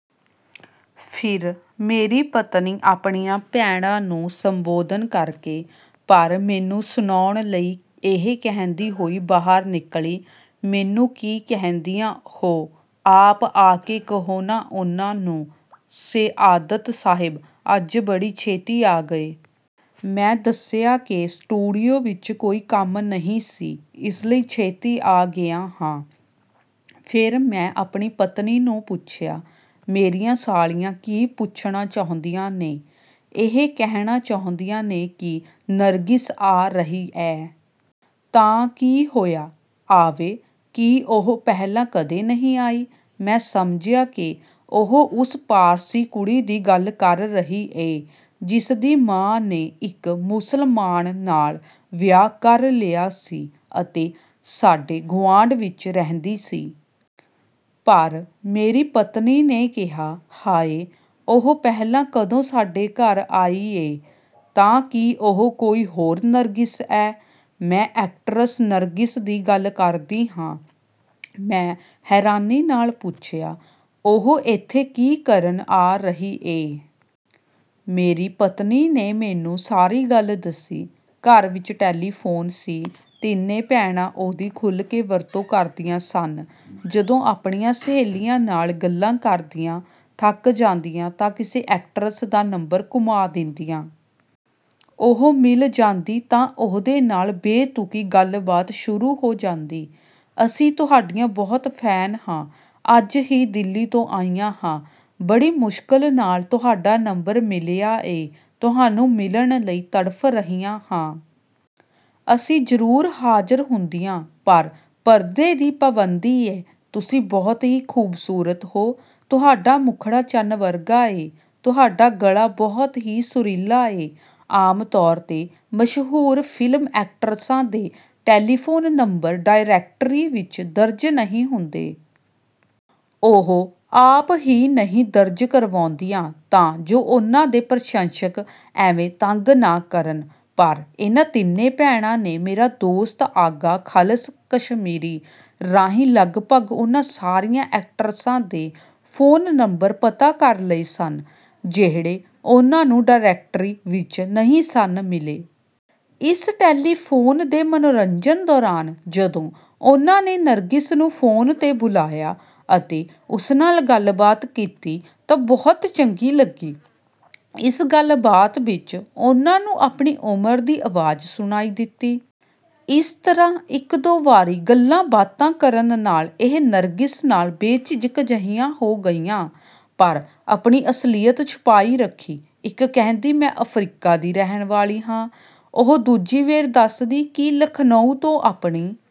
ਫਿਰ ਮੇਰੀ ਪਤਨੀ ਆਪਣੀਆਂ ਭੈਣਾਂ ਨੂੰ ਸੰਬੋਧਨ ਕਰਕੇ, ਪਰ ਮੈਨੂੰ ਸੁਣਾਉਣ ਲਈ ਇਹ ਕਹਿੰਦੀ ਹੋਈ ਬਾਹਰ ਨਿਕਲੀ, ਮੈਨੂੰ ਕੀ ਕਹਿੰਦੀਆਂ ਹੋ, ਆਪ ਆ ਕੇ ਕਹੋ ਨਾ ਉਨ੍ਹਾਂ ਨੂੰ। ਸਆਦਤ ਸਾਹਿਬ, ਅੱਜ ਬੜੀ ਛੇਤੀ ਆ ਗਏ? ਮੈਂ ਦੱਸਿਆ ਕਿ ਸਟੂਡੀਓ ਵਿੱਚ ਕੋਈ ਕੰਮ ਨਹੀਂ ਸੀ, ਇਸ ਲਈ ਛੇਤੀ ਆ ਗਿਆ ਹਾਂ। ਫਿਰ ਮੈਂ ਆਪਣੀ ਪਤਨੀ ਨੂੰ ਪੁੱਛਿਆ, ਮੇਰੀਆਂ ਸਾਲੀਆਂ ਕੀ ਪੁੱਛਣਾ ਚਾਹੁੰਦੀਆਂ ਨੇ? ਇਹ ਕਹਿਣਾ ਚਾਹੁੰਦੀਆਂ ਨੇ ਕਿ ਨਰਗਿਸ ਆ ਰਹੀ ਏ। ਤਾਂ ਕੀ ਹੋਇਆ, ਆਵੇ! ਕੀ ਉਹ ਪਹਿਲਾਂ ਕਦੇ ਨਹੀਂ ਆਈ? ਮੈਂ ਸਮਝਿਆ ਕਿ ਉਹ ਉਸ ਪਾਰਸੀ ਕੁੜੀ ਦੀ ਗੱਲ ਕਰ ਰਹੀ ਏ, ਜਿਸ ਦੀ ਮਾਂ ਨੇ ਇੱਕ ਮੁਸਲਮਾਨ ਨਾਲ ਵਿਆਹ ਕਰ ਲਿਆ ਸੀ ਅਤੇ ਸਾਡੇ ਗੁਆਂਢ ਵਿੱਚ ਰਹਿੰਦੀ ਸੀ। ਪਰ ਮੇਰੀ ਪਤਨੀ ਨੇ ਕਿਹਾ, ਹਾਏ! ਉਹ ਪਹਿਲਾਂ ਕਦੋਂ ਸਾਡੇ ਘਰ ਆਈ ਏ। ਤਾਂ ਕੀ ਉਹ ਕੋਈ ਹੋਰ ਨਰਗਿਸ ਏ? ਮੈਂ ਐਕਟਰਸ ਨਰਗਿਸ ਦੀ ਗੱਲ ਕਰਦੀ ਹਾਂ। ਮੈਂ ਹੈਰਾਨੀ ਨਾਲ ਪੁੱਛਿਆ, ਉਹ ਏਥੇ ਕੀ ਕਰਨ ਆ ਰਹੀ ਏ? ਮੇਰੀ ਪਤਨੀ ਨੇ ਮੈਨੂੰ ਸਾਰੀ ਗੱਲ ਦੱਸੀ। ਘਰ ਵਿੱਚ ਟੈਲੀਫੋਨ ਸੀ। ਤਿੰਨੇ ਭੈਣਾਂ ਉਹਦੀ ਖੁੱਲ੍ਹ ਕੇ ਵਰਤੋਂ ਕਰਦੀਆਂ ਸਨ। ਜਦੋਂ ਆਪਣੀਆਂ ਸਹੇਲੀਆਂ ਨਾਲ ਗੱਲਾਂ ਕਰਦੀਆਂ ਥੱਕ ਜਾਂਦੀਆਂ ਤਾਂ ਕਿਸੇ ਐਕਟਰਸ ਦਾ ਨੰਬਰ ਘੁਮਾ ਦਿੰਦੀਆਂ। ਉਹ ਮਿਲ ਜਾਂਦੀ ਤਾਂ ਉਹਦੇ ਨਾਲ ਬੇਤੁਕੀ ਗੱਲਬਾਤ ਸ਼ੁਰੂ ਹੋ ਜਾਂਦੀ। ਅਸੀਂ ਤੁਹਾਡੀਆਂ ਬਹੁਤ ਫੈਨ ਹਾਂ। ਅੱਜ ਹੀ ਦਿੱਲੀ ਤੋਂ ਆਈਆਂ ਹਾਂ। ਬੜੀ ਮੁਸ਼ਕਲ ਨਾਲ ਤੁਹਾਡਾ ਨੰਬਰ ਮਿਲਿਆ ਏ। ਤੁਹਾਨੂੰ ਮਿਲਣ ਲਈ ਤੜਫ਼ ਰਹੀਆਂ ਹਾਂ। ਅਸੀਂ ਜ਼ਰੂਰ ਹਾਜ਼ਰ ਹੁੰਦੀਆਂ, ਪਰ ਪਰਦੇ ਦੀ ਪਾਬੰਦੀ ਏ। ਤੁਸੀਂ ਬਹੁਤ ਹੀ ਖੂਬਸੂਰਤ ਹੋ। ਤੁਹਾਡਾ ਮੁਖੜਾ ਚੰਨ ਵਰਗਾ ਏ। ਤੁਹਾਡਾ ਗਲਾ ਬਹੁਤ ਹੀ ਸੁਰੀਲਾ ਏ। ਆਮ ਤੌਰ 'ਤੇ ਮਸ਼ਹੂਰ ਫ਼ਿਲਮ ਐਕਟਰਸਾਂ ਦੇ ਟੈਲੀਫੋਨ ਨੰਬਰ ਡਾਇਰੈਕਟਰੀ ਵਿੱਚ ਦਰਜ ਨਹੀਂ ਹੁੰਦੇ। ਉਹ ਆਪ ਹੀ ਨਹੀਂ ਦਰਜ ਕਰਵਾਉਂਦੀਆਂ ਤਾਂ ਜੋ ਉਨ੍ਹਾਂ ਦੇ ਪ੍ਰਸ਼ੰਸਕ ਐਵੇਂ ਤੰਗ ਨਾ ਕਰਨ। ਪਰ ਇਨ੍ਹਾਂ ਤਿੰਨਾਂ ਭੈਣਾਂ ਨੇ ਮੇਰੇ ਦੋਸਤ ਆਗਾ ਖ਼ਲਸ਼ ਕਾਸ਼ਮੀਰੀ ਰਾਹੀਂ ਲਗਭਗ ਉਨ੍ਹਾਂ ਸਾਰੀਆਂ ਐਕਟਰਸਾਂ ਦੇ ਫੋਨ ਨੰਬਰ ਪਤਾ ਕਰ ਲਏ ਸਨ, ਜਿਹੜੇ ਉਨ੍ਹਾਂ ਨੂੰ ਡਾਇਰੈਕਟਰੀ ਵਿੱਚ ਨਹੀਂ ਸਨ ਮਿਲੇ। ਇਸ ਟੈਲੀਫੋਨ ਦੇ ਮਨੋਰੰਜਨ ਦੌਰਾਨ ਜਦੋਂ ਉਨ੍ਹਾਂ ਨੇ ਨਰਗਿਸ ਨੂੰ ਫੋਨ 'ਤੇ ਬੁਲਾਇਆ ਅਤੇ ਉਸ ਨਾਲ ਗੱਲਬਾਤ ਕੀਤੀ ਤਾਂ ਬਹੁਤ ਚੰਗੀ ਲੱਗੀ। ਇਸ ਗੱਲਬਾਤ ਵਿੱਚ ਉਨ੍ਹਾਂ ਨੂੰ ਆਪਣੀ ਉਮਰ ਦੀ ਆਵਾਜ਼ ਸੁਣਾਈ ਦਿੱਤੀ। ਇਸ ਤਰ੍ਹਾਂ ਇੱਕ ਦੋ ਵਾਰੀ ਗੱਲਾਂਬਾਤਾਂ ਕਰਨ ਨਾਲ ਇਹ ਨਰਗਿਸ ਨਾਲ ਬੇਝਿਜਕ ਜਿਹੀਆਂ ਹੋ ਗਈਆਂ, ਪਰ ਆਪਣੀ ਅਸਲੀਅਤ ਛੁਪਾਈ ਰੱਖੀ। ਇੱਕ ਕਹਿੰਦੀ ਮੈਂ ਅਫ਼ਰੀਕਾ ਦੀ ਰਹਿਣ ਵਾਲੀ ਹਾਂ। ਉਹੀ ਦੂਜੀ ਵੇਰ ਦੱਸਦੀ ਕਿ ਲਖਨਊ ਤੋਂ ਆਪਣੀ